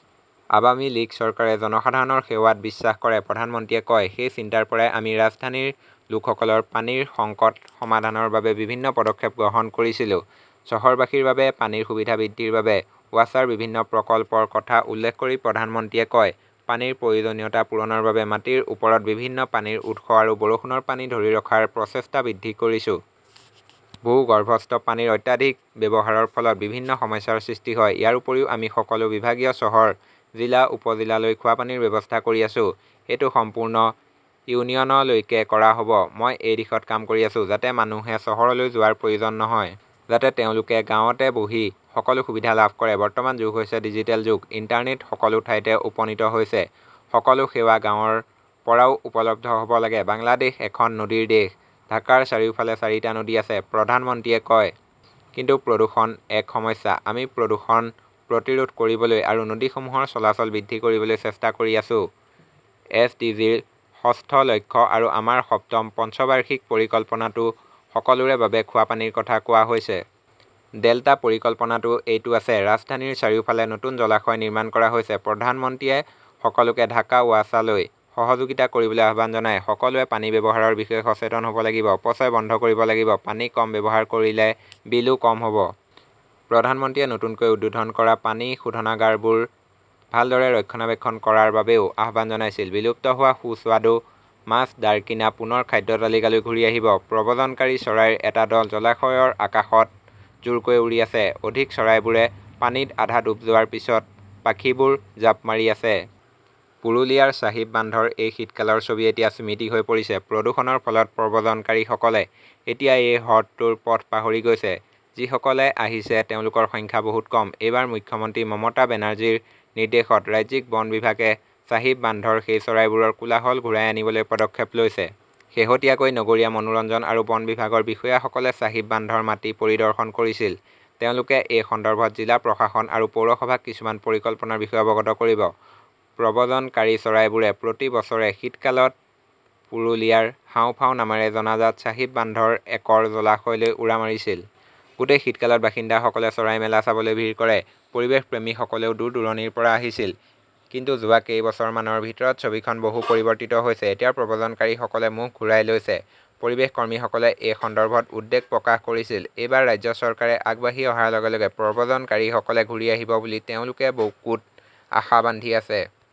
আৱামী লীগ চৰকাৰে জনসাধাৰণৰ সেৱাত বিশ্বাস কৰে, প্ৰধানমন্ত্ৰীয়ে কয়। সেই চিন্তাৰ পৰাই আমি ৰাজধানীৰ লোকসকলৰ পানীৰ সংকট সমাধানৰ বাবে বিভিন্ন পদক্ষেপ গ্ৰহণ কৰিছিলো। "চহৰবাসীৰ বাবে পানীৰ সুবিধা বৃদ্ধিৰ বাবে ৱাছাৰ বিভিন্ন প্ৰকল্পৰ কথা উল্লেখ কৰি প্ৰধানমন্ত্ৰীয়ে কয়,"পানীৰ প্ৰয়োজনীয়তা পূৰণৰ বাবে মাটিৰ ওপৰত বিভিন্ন পানীৰ উৎস আৰু বৰষুণৰ পানী ধৰি ৰখাৰ প্ৰচেষ্টা বৃদ্ধি কৰিছোঁ। ভূগৰ্ভস্থ পানীৰ অত্যাধিক ব্যৱহাৰৰ ফলত বিভিন্ন সমস্যাৰ সৃষ্টি হয়। ইয়াৰ উপৰিও, আমি সকলো বিভাগীয় চহৰ, জিলা-উপজিলালৈ খোৱাপানীৰ ব্যৱস্থা কৰি আছো। এইটো সম্পূৰ্ণ ইউনিয়নলৈকে কৰা হব। মই এই দিশত কাম কৰি আছোঁ, যাতে মানুহে চহৰলৈ যোৱাৰ প্ৰয়োজন নহয়। যাতে তেওঁলোকে গাঁৱতে বহি সকলো সুবিধা লাভ কৰে। বৰ্তমান যুগ হৈছে ডিজিটেল যুগ। ইণ্টাৰনেট সকলো ঠাইতে উপনীত হৈছে। সকলো সেৱা গাঁৱৰ পৰাও উপলব্ধ হব লাগে"। "বাংলাদেশ এখন নদীৰ দেশ, ঢাকাৰ চাৰিওফালে চাৰিটা নদী আছে", প্ৰধানমন্ত্ৰীয়ে কয়। "কিন্তু প্ৰদূষণ এক সমস্যা। আমি প্ৰদূষণ প্ৰতিৰোধ কৰিবলৈ আৰু নদীসমূহৰ চলাচল বৃদ্ধি কৰিবলৈ চেষ্টা কৰি আছো। এছ. ডি. জি. ৰ ষষ্ঠ লক্ষ্য আৰু আমাৰ সপ্তম পঞ্চবাৰ্ষিক পৰিকল্পনাতো সকলোৰে বাবে খোৱাপানীৰ কথা কোৱা হৈছে। ডেল্টা পৰিকল্পনাতো এইটো আছে। ৰাজধানীৰ চাৰিওফালে নতুন জলাশয় নিৰ্মাণ কৰা হৈছে"। প্ৰধানমন্ত্ৰীয়ে সকলোকে ঢাকা ৱাছালৈ সহযোগিতা কৰিবলৈ আহ্বান জনায়। "সকলোৱে পানী ব্যৱহাৰৰ বিষয়ে সচেতন হব লাগিব। অপচয় বন্ধ কৰিব লাগিব। পানী কম ব্যৱহাৰ কৰিলে বিলো কম হব"। প্ৰধানমন্ত্ৰীয়ে নতুনকৈ উদ্বোধন কৰা পানী শোধনাগাৰবোৰ ভালদৰে ৰক্ষণাবেক্ষণ কৰাৰ বাবেও আহ্বান জনাইছিল। বিলুপ্ত হোৱা সুস্বাদু মাছ দাৰ্কিনা পুনৰ খাদ্যতালিকালৈ ঘূৰি আহিব । প্ৰব্ৰজনকাৰী চৰাই এটা দল জলাশয়ৰ আকাশত জোৰকৈ উৰি আছে। অধিক চৰাইবোৰে পানীত আধা ডুব যোৱাৰ পিছত পাখিবোৰ জাপ মাৰি আছে। পুৰুলিয়াৰ চাহিব বান্ধৰ এই শীতকালৰ ছবি এতিয়া স্মৃতি হৈ পৰিছে। প্ৰদূষণৰ ফলত প্ৰব্ৰজনকাৰীসকলে এতিয়া এই হ্ৰদটোৰ পথ পাহৰি গৈছে। যিসকলে আহিছে, তেওঁলোকৰ সংখ্যা বহুত কম। এইবাৰ মুখ্যমন্ত্ৰী মমতা বেনাৰ্জীৰ নিৰ্দেশত ৰাজ্যিক বন বিভাগে চাহিব বান্ধৰ সেই চৰাইবোৰৰ কোলাহল ঘূৰাই আনিবলৈ পদক্ষেপ লৈছে। শেহতীয়াকৈ নগৰীয়া মনোৰঞ্জন আৰু বন বিভাগৰ বিষয়াসকলে চাহিব বান্ধৰ মাটি পৰিদৰ্শন কৰিছিল। তেওঁলোকে এই সন্দৰ্ভত জিলা প্ৰশাসন আৰু পৌৰসভাক কিছুমান পৰিকল্পনাৰ বিষয়ে অৱগত কৰিব। প্ৰব্ৰজনকাৰী চৰাইবোৰে প্ৰতি বছৰে শীতকালত পুৰুলিয়াৰ হাঁওফাঁও নামেৰে জনাজাত চাহিব বান্ধৰ একৰ জলাশয়লৈ উৰা মাৰিছিল। গোটেই শীতকালত বাসিন্দাসকলে চৰাই মেলা চাবলৈ ভিৰ কৰে। পৰিৱেশপ্ৰেমীসকলেও দূৰ-দূৰণিৰ পৰা আহিছিল। কিন্তু যোৱা কেইবছৰমানৰ ভিতৰত ছবিখন বহু পৰিৱৰ্তিত হৈছে। এতিয়া প্ৰব্ৰজনকাৰীসকলে মুখ ঘূৰাই লৈছে। পৰিৱেশকৰ্মীসকলে এই সন্দৰ্ভত উদ্বেগ প্ৰকাশ কৰিছিল। এইবাৰ ৰাজ্য চৰকাৰে আগবাঢ়ি অহাৰ লগে লগে প্ৰব্ৰজনকাৰীসকলে ঘূৰি আহিব বুলি তেওঁলোকে বুকুত আশা বান্ধি আছে।